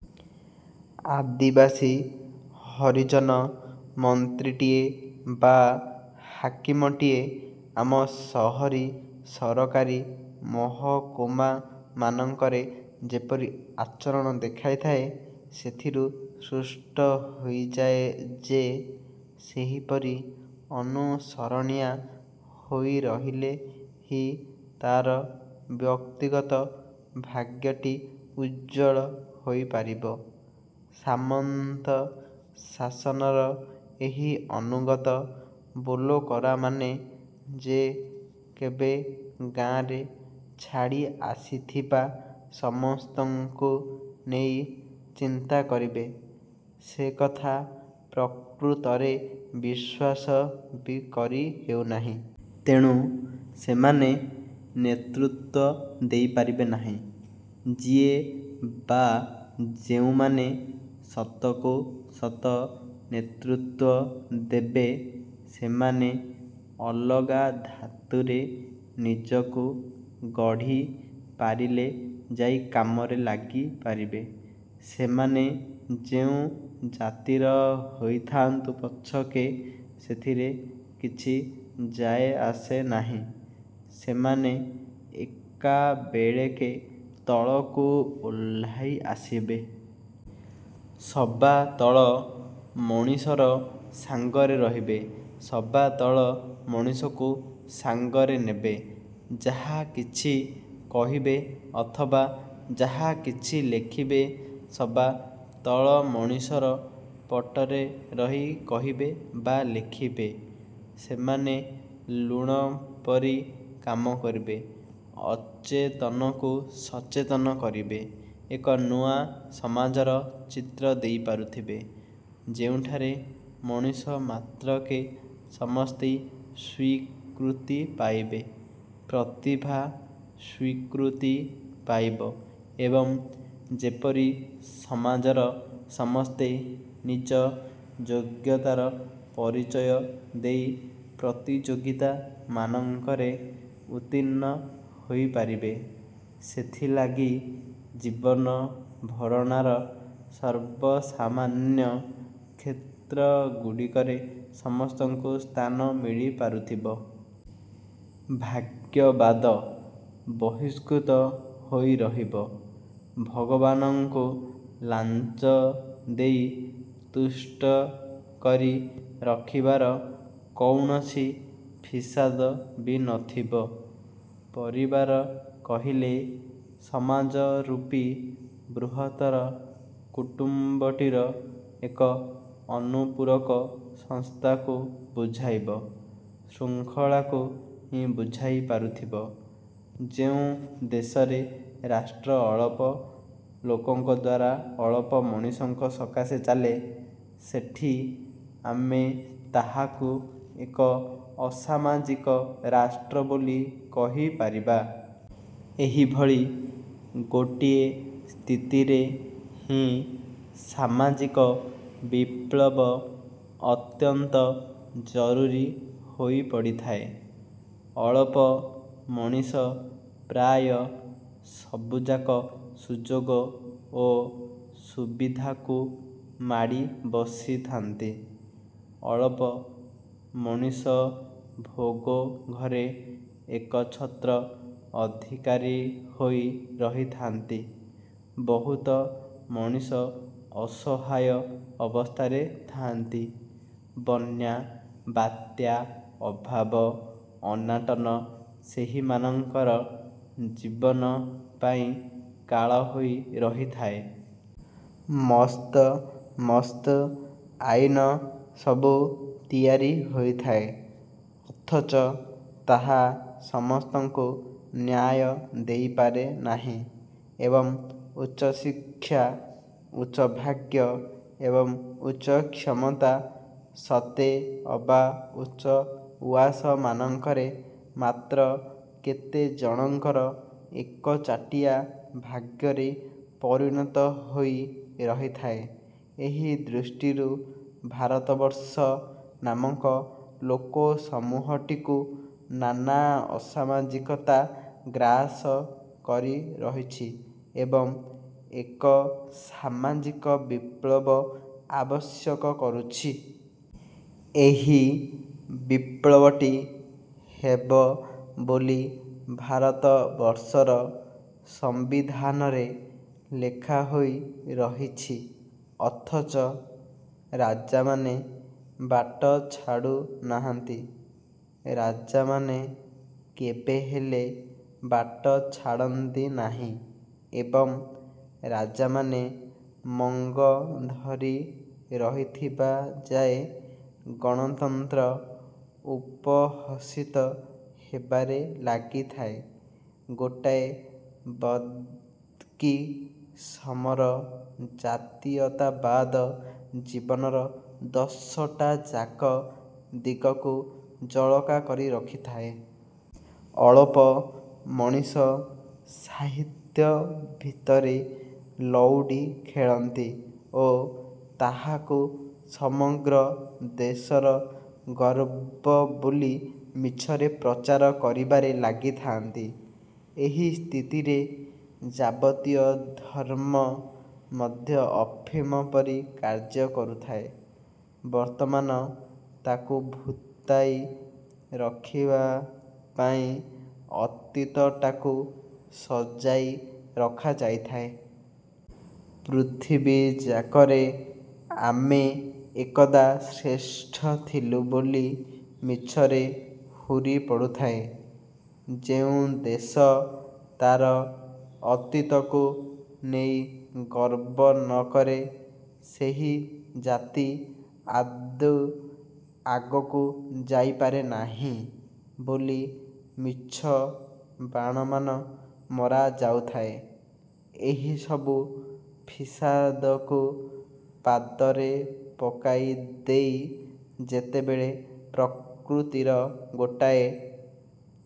ଆଦିବାସୀ, ହରିଜନ ମନ୍ତ୍ରୀଟିଏ ବା ହାକିମଟିଏ ଆମ ସହରୀ ସରକାରୀ ମହକୁମା ମାନଙ୍କରେ ଯେପରି ଆଚରଣ ଦେଖାଇଥାଏ, ସେଥିରୁ ସୃଷ୍ଟ ହୋଇଯାଏ ଯେ, ସେହିପରି ଅନୁସରଣିଆ ହୋଇ ରହିଲେ ହି ତା'ର ବ୍ୟକ୍ତିଗତ ଭାଗ୍ୟଟି ଉଜ୍ଜ୍ୱଳ ହୋଇପାରିବ। ସାମନ୍ତ ଶାସନର ଏହି ଅନୁଗତ ବୋଲକରାମାନେ ଯେ କେବେ ଗାଆଁରେ ଛାଡ଼ି ଆସିଥିବା ସମସ୍ତଙ୍କୁ ନେଇ ଚିନ୍ତା କରିବେ, ସେକଥା ପ୍ରକୃତରେ ବିଶ୍ୱାସ ବି କରି ହେଉନାହିଁ। ତେଣୁ ସେମାନେ ନେତୃତ୍ୱ ଦେଇପାରିବେ ନାହିଁ । ଯିଏ ବା ଯେଉଁମାନେ ସତକୁ ସତ ନେତୃତ୍ୱ ଦେବେ ସେମାନେ ଅଲଗା ଧାତୁରେ ନିଜକୁ ଗଢ଼ି ପାରିଲେ ଯାଇ କାମରେ ଲାଗିପାରିବେ। ସେମାନେ ଯେଉଁ ଜାତିର ହୋଇଥାଆନ୍ତୁ ପଛକେ, ସେଥିରେ କିଛି ଯାଏଆସେ ନାହିଁ। ସେମାନେ ଏକାବେଳେକେ ତଳକୁ ଓହ୍ଲାଇ ଆସିବେ। ସବାତଳ ମଣିଷର ସାଙ୍ଗରେ ରହିବେ, ସବାତଳ ମଣିଷକୁ ସାଙ୍ଗରେ ନେବେ। ଯାହାକିଛି କହିବେ ଅଥବା ଯାହାକିଛି ଲେଖିବେ, ସବାତଳ ମଣିଷର ପଟରେ ରହି କହିବେ ବା ଲେଖିବେ। ସେମାନେ ଲୁଣ ପରି କାମ କରିବେ। ଅଚେତନକୁ ସଚେତନ କରିବେ। ଏକ ନୂଆ ସମାଜର ଚିତ୍ର ଦେଇପାରୁଥିବେ, ଯେଉଁଠାରେ ମଣିଷ ମାତ୍ରକେ ସମସ୍ତେ ସ୍ଵୀକୃତି ପାଇବେ, ପ୍ରତିଭା ସ୍ୱୀକୃତି ପାଇବ ଏବଂ ଯେପରି ସମାଜର ସମସ୍ତେ ନିଜ ଯୋଗ୍ୟତାର ପରିଚୟ ଦେଇ ପ୍ରତିଯୋଗିତା ମାନଙ୍କରେ ଉତ୍ତୀର୍ଣ୍ଣ ହୋଇପାରିବେ, ସେଥିଲାଗି ଜୀବନଭରଣାର ସର୍ବସାମାନ୍ୟ କ୍ଷେତ୍ରଗୁଡ଼ିକରେ ସମସ୍ତଙ୍କୁ ସ୍ଥାନ ମିଳିପାରୁଥିବ। ଭାଗ୍ୟବାଦ ବହିଷ୍କୃତ ହୋଇରହିବ। ଭଗବାନଙ୍କୁ ଲାଞ୍ଚ ଦେଇ ତୁଷ୍ଟ କରି ରଖିବାର କୌଣସି ଫିସାଦ ବି ନଥିବ। ପରିବାର କହିଲେ ସମାଜରୂପୀ ବୃହତ୍ତର କୁଟୁମ୍ବଟିର ଏକ ଅନୁପୂରକ ସଂସ୍ଥାକୁ ବୁଝାଇବ, ଶୃଙ୍ଖଳାକୁ ହିଁ ବୁଝାଇ ପାରୁଥିବ| ଯେଉଁ ଦେଶରେ ରାଷ୍ଟ୍ର ଅଳପ ଲୋକଙ୍କ ଦ୍ୱାରା ଅଳପ ମଣିଷଙ୍କ ସକାଶେ ଚାଲେ, ସେଠି ଆମେ ତାହାକୁ ଏକ ଅସାମାଜିକ ରାଷ୍ଟ୍ର ବୋଲି କହିପାରିବା। ଏହିଭଳି ଗୋଟିଏ ସ୍ଥିତିରେ ହିଁ ସାମାଜିକ ବିପ୍ଳବ ଅତ୍ୟନ୍ତ ଜରୁରୀ ହୋଇପଡ଼ିଥାଏ। ଅଳପ ମଣିଷ ପ୍ରାୟ ସବୁଯାକ ସୁଯୋଗ ଓ ସୁବିଧାକୁ ମାଡ଼ି ବସିଥାନ୍ତି। ଅଳପ। ମଣିଷ ଭୋଗଘରେ ଏକଛତ୍ର ଅଧିକାରୀ ହୋଇ ରହିଥାନ୍ତି। ବହୁତ ମଣିଷ ଅସହାୟ ଅବସ୍ଥାରେ ଥାଆନ୍ତି। ବନ୍ୟା, ବାତ୍ୟା, ଅଭାବ, ଅନାଟନ ସେହିମାନଙ୍କର ଜୀବନ ପାଇଁ କାଳ ହୋଇ ରହିଥାଏ। ମସ୍ତ ମସ୍ତ ଆଇନ ସବୁ ତିଆରି ହୋଇଥାଏ, ଅଥଚ ତାହା ସମସ୍ତଙ୍କୁ ନ୍ୟାୟ ଦେଇପାରେ ନାହିଁ। ଏବଂ ଉଚ୍ଚଶିକ୍ଷା, ଉଚ୍ଚଭାଗ୍ୟ ଏବଂ ଉଚ୍ଚକ୍ଷମତା ସତେ ଅବା ଉଚ୍ଚ ଉଆସମାନଙ୍କରେ ମାତ୍ର କେତେଜଣଙ୍କର ଏକଚାଟିଆ ଭାଗ୍ୟରେ ପରିଣତ ହୋଇ ରହିଥାଏ । ଏହି ଦୃଷ୍ଟିରୁ ଭାରତବର୍ଷ ନାମକ ଲୋକସମୂହଟିକୁ ନାନା ଅସାମାଜିକତା ଗ୍ରାସ କରି ରହିଛି ଏବଂ ଏକ ସାମାଜିକ ବିପ୍ଳବ ଆବଶ୍ୟକ କରୁଛି। ଏହି ବିପ୍ଳବଟି ହେବ ବୋଲି ଭାରତବର୍ଷର ସମ୍ବିଧାନରେ ଲେଖାହୋଇ ରହିଛି, ଅଥଚ ରାଜାମାନେ ବାଟ ଛାଡୁନାହାନ୍ତି। ରାଜାମାନେ କେବେହେଲେ ବାଟ ଛାଡ଼ନ୍ତି ନାହିଁ ଏବଂ ରାଜାମାନେ ମଙ୍ଗ ଧରି ରହିଥିବା ଯାଏ ଗଣତନ୍ତ୍ର ଉପହସିତ ହେବାରେ ଲାଗିଥାଏ। ଗୋଟାଏ ବଦ୍କିସମର ଜାତୀୟତାବାଦ ଜୀବନର ଦଶଟାଯାକ ଦିଗକୁ ଜଳକା କରି ରଖିଥାଏ। ଅଳପ ମଣିଷ ସାହିତ୍ୟ ଭିତରେ ଲଉଡ଼ି ଖେଳନ୍ତି ଓ ତାହାକୁ ସମଗ୍ର ଦେଶର ଗର୍ବ ବୋଲି ମିଛରେ ପ୍ରଚାର କରିବାରେ ଲାଗିଥାଆନ୍ତି। ଏହି ସ୍ଥିତିରେ ଯାବତୀୟ ଧର୍ମ ମଧ୍ୟ ଅଫିମ ପରି କାର୍ଯ୍ୟ କରୁଥାଏ। ବର୍ତ୍ତମାନ ତାକୁ ଭୂତାଇ ରଖିବା ପାଇଁ ଅତୀତଟାକୁ ସଜାଇ ରଖାଯାଇଥାଏ। ପୃଥିବୀଯାକରେ ଆମେ ଏକଦା ଶ୍ରେଷ୍ଠ ଥିଲୁ ବୋଲି ମିଛରେ ହୁରି ପଡୁଥାଏ। ଯେଉଁ ଦେଶ ତାର ଅତୀତକୁ ନେଇ ଗର୍ବ ନକରେ, ସେହି ଜାତି ଆଦୌ ଆଗକୁ ଯାଇପାରେ ନାହିଁ ବୋଲି ମିଛ ବାଣମାନ ମରା ଯାଉଥାଏ। ଏହିସବୁ ଫିସାଦକୁ ପାଦରେ ପକାଇ ଦେଇ ଯେତେବେଳେ ପ୍ରକୃତିର ଗୋଟାଏ ।